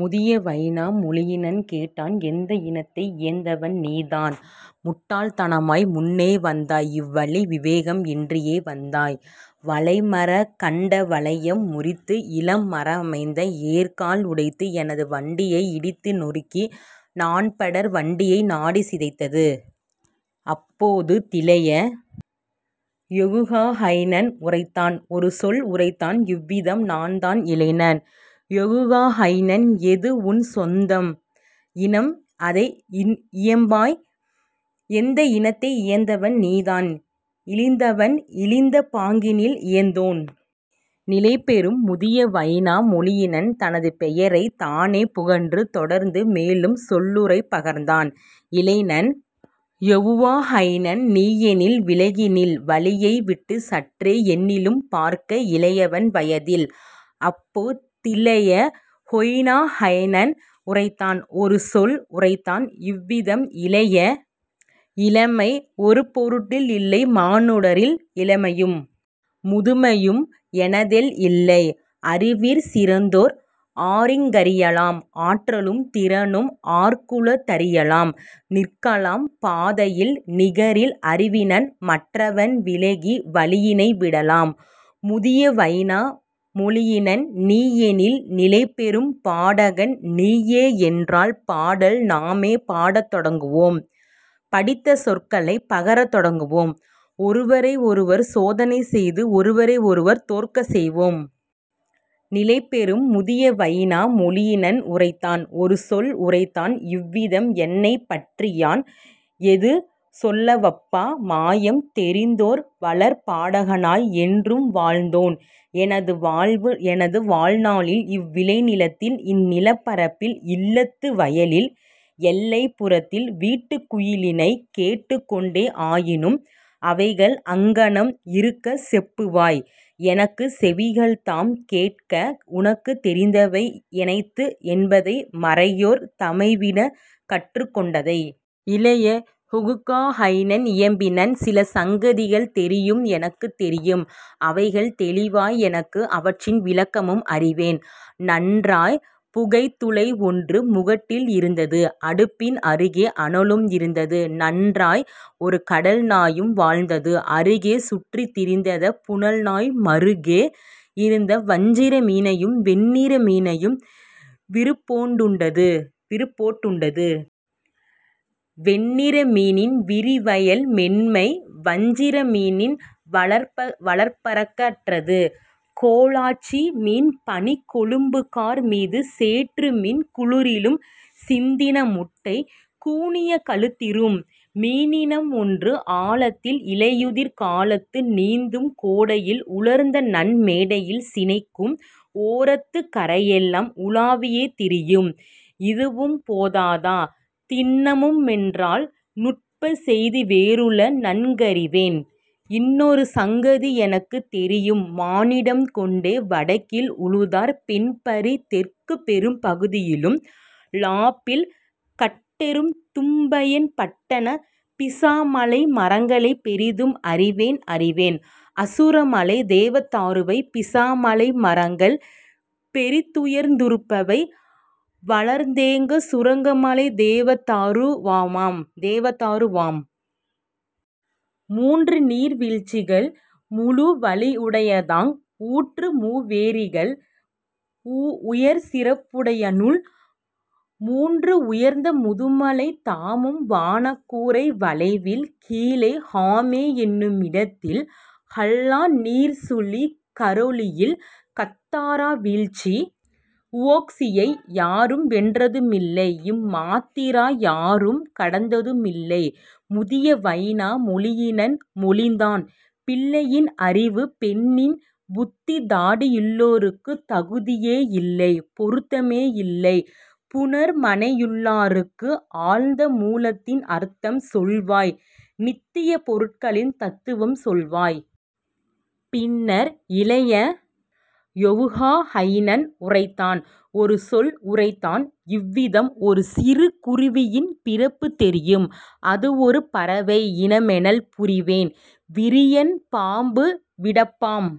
முதிய Vainamoinen கேட்டான் எந்த இனத்தை இயைந்தவன் நீதான் முட்டாள்தனமாய் முன்னே வந்தாய் இவ்வழி விவேகம் இன்றியே வந்தாய் வளைமரக் கண்டவளையம் முறித்து இளமரத்தமைந்த ஏர்க்கால் உடைத்து எனது வண்டியை இடித்துநொருக்கி நான்படர் வண்டியை நாடிச் சிதைத்தது. அப்போ திளைய யொவுகாஹைனன் உரைத்தான் ஒருசொல் உரைத்தான் இவ்விதம் நான்தான் இளைஞன் யொவுகாஹைனன் எதுஉன் சொந்த இனம்அதை இயம்பாய் எந்த இனத்தை இயைந்தவன் நீதான் இழிந்தவன் இழிந்த பாங்கினில் இயைந்தோன். நிலைபெறும் முதிய வைனா மொயினன் தனது பெயரைத் தானே புகன்று தொடர்ந்து மேலும் சொல்லுரை பகர்ந்தான் இளைஞன் யொவுகாஹைனன் நீயெனில் விலகிநில் வழியை விட்டுச் சற்றே என்னிலும் பார்க்க இளையவன் வயதில். அப்போ திளைய யொவுகாஹைனன் உரைத்தான் ஒருசொல் உரைத்தான் இவ்விதம் இளமை ஒருபொருட்டில்லைமானுடரில் இளமையும் முதுமையும் ஏதெனல் இல்லை அறிவிற் சிறந்தோர் ஆரிங்கறியலாம் ஆற்றலும் திறனும் ஆர்க்குள தறியலாம் நிற்கலாம் பாதையில் நிகரில் அறிவினன் மற்றவன் விலகி வழியினை விடலாம் முதிய வைனா மொயினன் நீயெனில் நிலைபெறும் பாடகன் நீயேயென்றால் பாடல் நாமே பாடத் தொடங்குவோம் படித்த சொற்களைப் பகரத் தொடங்குவோம் ஒருவரை ஒருவர் சோதனை செய்து ஒருவரை ஒருவர் தோற்கச் செய்வோம். நிலைபெறும் முதிய வைனா மொயினன் உரைத்தான் ஒருசொல் உரைத்தான் இவ்விதம் என்னைப் பற்றியான் எதுசொலவப்பா மாயம் தெரிந்ததோர் வளர்பாடகனாய் என்றும் வாழ்ந்தேன் எனதுவாழ் நாளில் இவ்விளைநிலத்தில் இந்நிலப்பரப்பில் இல்லத்து வயலின் எல்லைப்புறத்தில் வீட்டுக்குயிலினைக் கேட்டுக் கொண்டே ஆயினும் அவைகள் அங்ஙனம் இருக்க செப்புவாய் எனக்குச் செவிகள்தாம் கேட்க உனக்குத் தெரிந்தவை எனைத்து என்பதை மற்றையோர் தமைவிடக் கற்றுக் கொண்டதை. இளைய யொவுகாஹைனன் இயம்பினன் சிலசங்கதிகள் தெரியும் எனக்கு தெரியும் அவைகள் தெளிவாய் எனக்கு அவற்றின் விளக்கமும் அறிவேன் நன்றாய் புகைத்துளை ஒன்று முகட்டில் இருந்தது அடுப்பின் அருகே அனலும் இருந்தது. நன்றாய் ஒருகடல் நாயும் வாழ்ந்தது அங்கே சுற்றித் திரிந்ததப் புனல்நாய் மருங்கே யிருந்த வஞ்சிர மீனையும் வெண்ணிற மீனையும் விருப்போடுண்டது. வெண்ணிற மீனின் விரிவயல் மென்மை வஞ்சிர மீனின் வளர்ப்பரப்பகன்றது கோலாச்சி மீன்பனிக் கொழும்புகார் மீதும் சேற்றுமீன் குளிரிலும் சிந்தின முட்டை. கூனிய கழுத்துறும் மீனினம் ஒன்று ஆழத்தில் இலையுதிர்காலத்து நீந்தும் கோடையில் உலர்ந்தநன்மேடையில் சினைக்கும் ஓரத்துக் கரையெலாம் உலாவியே திரியும். இதுவும் போதா தின்னமுமென்றால் நுட்பச் செய்திவேறுள நன்கறிவேன் இன்னொரு சங்கதி எனக்குத் தெரியும் மானிடம் கொண்டே வடக்கில் உழுதனர் பெண்பரி தெற்குப்பெரும்பகுதியிலும் லாப்பில் காட்டெரு தும்பயன் பட்டன பிஸாமலை மரங்களைப் பெரிதும் அறிவேன் அறிவேன் அசுரமலைத்தேவதாருவை பிஸாமலை மரங்கள் பெரிதுயர்ந்துறுபவை வளர்தோங்கசுரமலைத்தேவதாருவாம். மூன்றுநீர் வீழ்ச்சிகள் முழுவலியுடைத்தாங் ஊன்று மூவேரிகள் உயர்சிறப்புடனுள மூன்று உயர்ந்த முதுமலை தாமும் வானக்கூரை வளைவின் கீழே ஹமேஎனுமிடத்தில் ஹல்லா நீர்ச்சுழி கரேலியில் காத்ரா வீழ்ச்சி வுவோக்ஸியை யாரும் வென்றதுமில்லை இமாத்திரா யாரும் கடந்ததுமில்லை. முதிய வைனா மொயினன் மொழிந்தான் பிள்ளையின் அறிவு பெண்ணின் புத்தி தாடியுளோர்க்குத் தகுந்ததே யில்லை பொருத்தமே யில்லைப் புணர்மனையுளார்க்கு ஆழ்ந்த மூலத்தின் அர்த்தம் சொல்வாய் நித்தியப் பொருட்களின் தத்துவம் சொல்வாய். பின்னர் இளைய யொவுகாஹைனன் உரைத்தான் ஒருசொல் உரைத்தான் இவ்விதம் ஒருசிறு குருவியின் பிறப்புத் தெரியும் அதுஒரு பறவை இனமெனல் புரிவேன் விரியன் பாம்பு விடப்பாம்